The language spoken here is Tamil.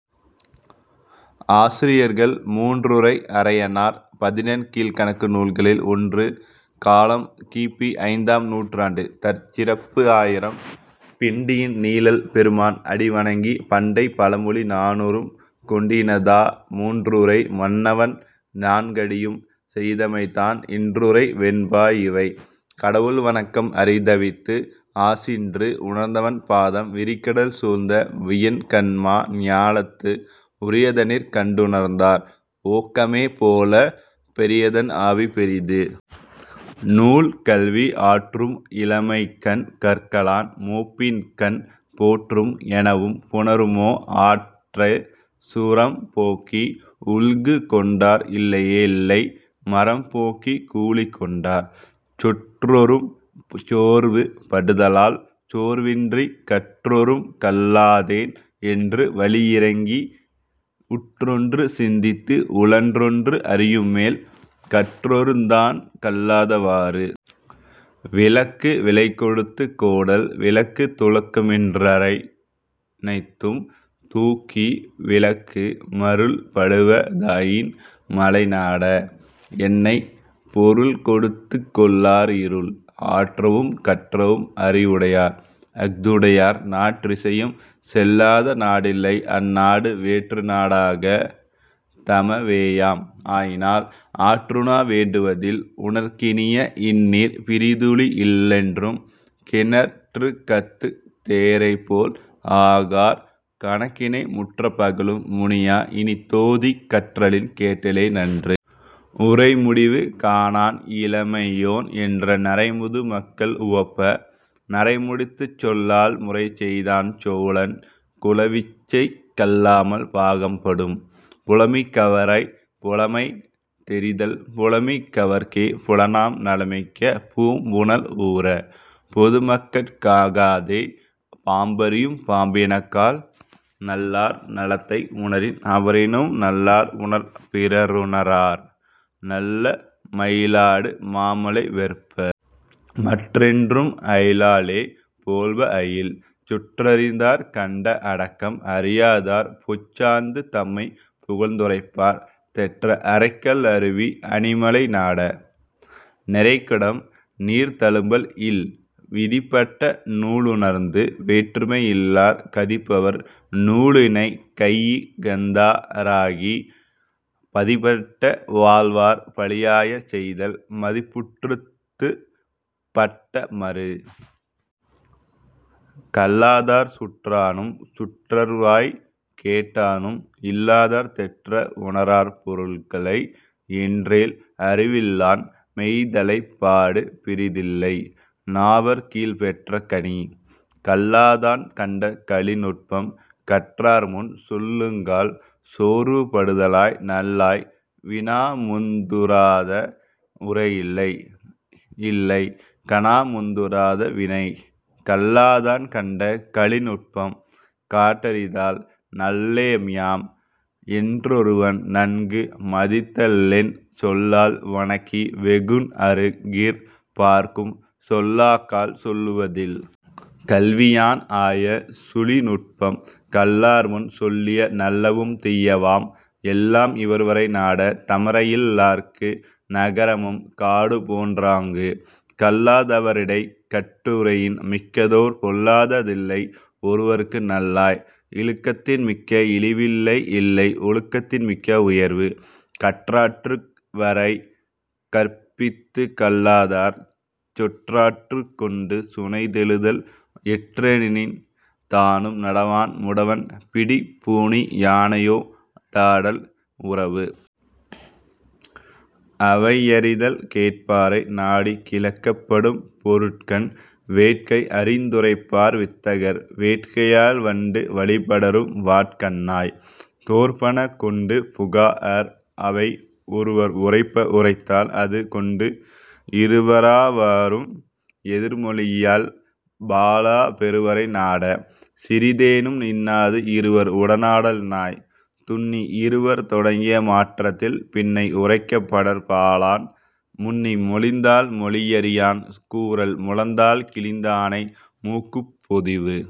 ஆசிரியர் மூன்றுறை அரையனார் பதினென் கீழ்க்கணக்கு நூல்களில் ஒன்று காலம் கி. பி. ஐந்தாம் நூற்றாண்டு தற்சிறப்புப் பாயிரம் பிண்டியின் நீழல் பெருமான் அடிவணங்கிப் பண்டைப் பழமொழி நானூறும் கொண்டினிதா முன்றுறை மன்னவன் நான்கடியும் செய்தமைத்தான் இன்றுறை வெண்பா இவை. கடவுள் வணக்கம் அரிதவித்து ஆசின்று உணர்ந்தவன் பாதம் விரிகடல் சூழ்ந்த வியன்கண்மா ஞாலத்து உரியதனிற் கண்டுணர்ந்தார் ஓக்கமே போலப் 'பெரியதன் ஆவி பெரிது. ' நூல். கல்வி ஆற்றும் இளமைக்கண் கற்கலான் மூப்பின்கண் போற்றும் எனவும் புணருமோ ஆற்றச் 'சுரம்போக்கி உல்குகொண்டார் இல்லையே யில்லை மரம்போக்கிக் கூலிகொண் டார்'. சொற்றொறும் சோர்வு படுதலால் சோர்வின்றிக் கற்றொறும் கல்லாதேன் என்று வழியிரங்கி உற்றொன்று சிந்தித்து உழன்றொன்று அறியுமேல் 'கற்றொறுந்தான் கல்லாத வாறு'. விளக்கு விலைகொடுத்துக் கோடல் விளக்குத் துளக்கமின் றென்றனைத்தும் தூக்கி விளக்கு மருள்படுவ தாயின் மலைநாட! என்னை 'பொருள்கொடுத்துக் கொள்ளார் இருள்'. ஆற்றவும் கற்றவும் அறிவுடையார்; அஃதுடையார் நாற்றிசையும் செல்லாத நாடில்லை அந்நாடு வேற்றுநா டாகா; தமவேயாம் ஆயினால் 'ஆற்றுணா வேண்டுவ தில்'. உணற்கினிய இன்னீர் பிறிதுழி இல்லென்றும் கிணற்றுகத்துத் தேரைபோல் ஆகார் கணக்கினை முற்றப் பகலும் முனியா இனிதோதிக் 'கற்றலின் கேட்டலே நன்று'. உரைமுடிவு காணான் இளமையோன் என்ற நரைமுது மக்கள் உவப்ப நரைமுடித்துச் சொல்லால் முறைசெய்தான் சோழன் 'குலவிச்சை கல்லாமல் பாகம் படும்'. புலமிக் கவரைப் புலமை தெரிதல் புலமிக் கவர்க்கே புலனாம் நலமிக்க பூம்புனல் ஊர! பொதுமக்கட் காகாதே 'பாம்பறியும் பாம்பின கால்'. நல்லார் நலத்தை உணரின் அவரினும் நல்லார் உணர்ப பிறருணரார் நல்ல மயிலாடு மாமலை வெற்ப! மற்றென்றும் 'அயிலாலே போழ்ப அயில்'. சுற்றறிந்தார் கண்ட அடக்கம் அறியாதார் பொச்சாந்து தம்மைப் புகழ்ந்துரைப்பார் தெற்ற அறைகல் அருவி அணிமலை நாட! 'நிறைகுடம் நீர்தளும்பல் இல்'. விதிப்பட்ட நூலுணர்ந்து வேற்றுமை இல்லார் கதிப்பவர் நூலினைக் கையிகந்தா ராகிப் பதிப்பட வாழ்வார் பழியாய செய்தல் 'மதிப்புறத்துப் பட்ட மறு'.. கல்லாதார் சுற்றானும் சுற்றார்வாய்க் கேட்டானும் இல்லாதார் தெற்ற உணரார் பொருள்களை எற்றேல் அறிவில்லான் மெய்தலைப் பாடு பிறிதில்லை 'நாவற் கீழ்ப் பெற்ற கனி'. கல்லாதான் கண்ட கழிநுட்பம் கற்றார்முன் சொல்லுங்கால் சோர்வு படுதலால் நல்லாய்! 'வினாமுந் துறாத உரையில்லை; இல்லை கனாமுந் துறாத வினை'. கல்லாதான் கண்ட கழிநுட்பம் காட்டரிதால் நல்லேம்யாம் என்றொருவன் நன்கு மதித்தலென் சொல்லால் வணக்கி வெகுண்அரு கிற்பார்க்கும் 'சொல்லாக்கால் சொல்லுவ தில்'. கல்வியான் ஆய சுழிநுட்பம் கல்லார்முன் சொல்லிய நல்லவும் தீயவாம் எல்லாம் இவர்வரை நாட! 'தமரையில் லார்க்கு நகரமும் காடுபோன் றாங்கு'. கல்லா தவரிடைக் கட்டுரையின் மிக்கதோர் பொல்லாத தில்லை ஒருவற்கு நல்லாய்! 'இழுக்கத்தின் மிக்க இழிவில்லை இல்லை ஒழுக்கத்தின் மிக்க உயர்வு'. கற்றாற்று வாரைக் கறுப்பித்துக் கல்லாதார் சொற்றாற்றுக் கொண்டு சுனைத்தெழுதல் எற்றெனின் தானும் நடவான் 'முடவன் பிடிப்பூணி யானையோ டாடல் உறவு'.. அவையறிதல் கேட்பாரை நாடிக் கிளக்கப் படும்பொருட்கண் வேட்கை அறிந்துரைப்பார் வித்தகர் வேட்கையால் வண்டு வழிபடரும் வாட்கண்ணாய்! 'தோற்பன கொண்டு புகாஅர் அவை'. ஒருவர் உரைப்ப உரைத்தால் அதுகொண்டு இருவரா வாரும் எதிர்மொழியல் பாலா பெருவரை நாட! சிறிதேனும் 'இன்னாது இருவர் உடனாடல் நாய்'. துன்னி இருவர் தொடங்கிய மாற்றத்தில் பின்னை உரைக்கப் படற்பாலான் முன்னி மொழிந்தால் மொழியறியான் கூறல் 'முழந்தாள் கிழிந்தானை மூக்குப் பொதிவு'.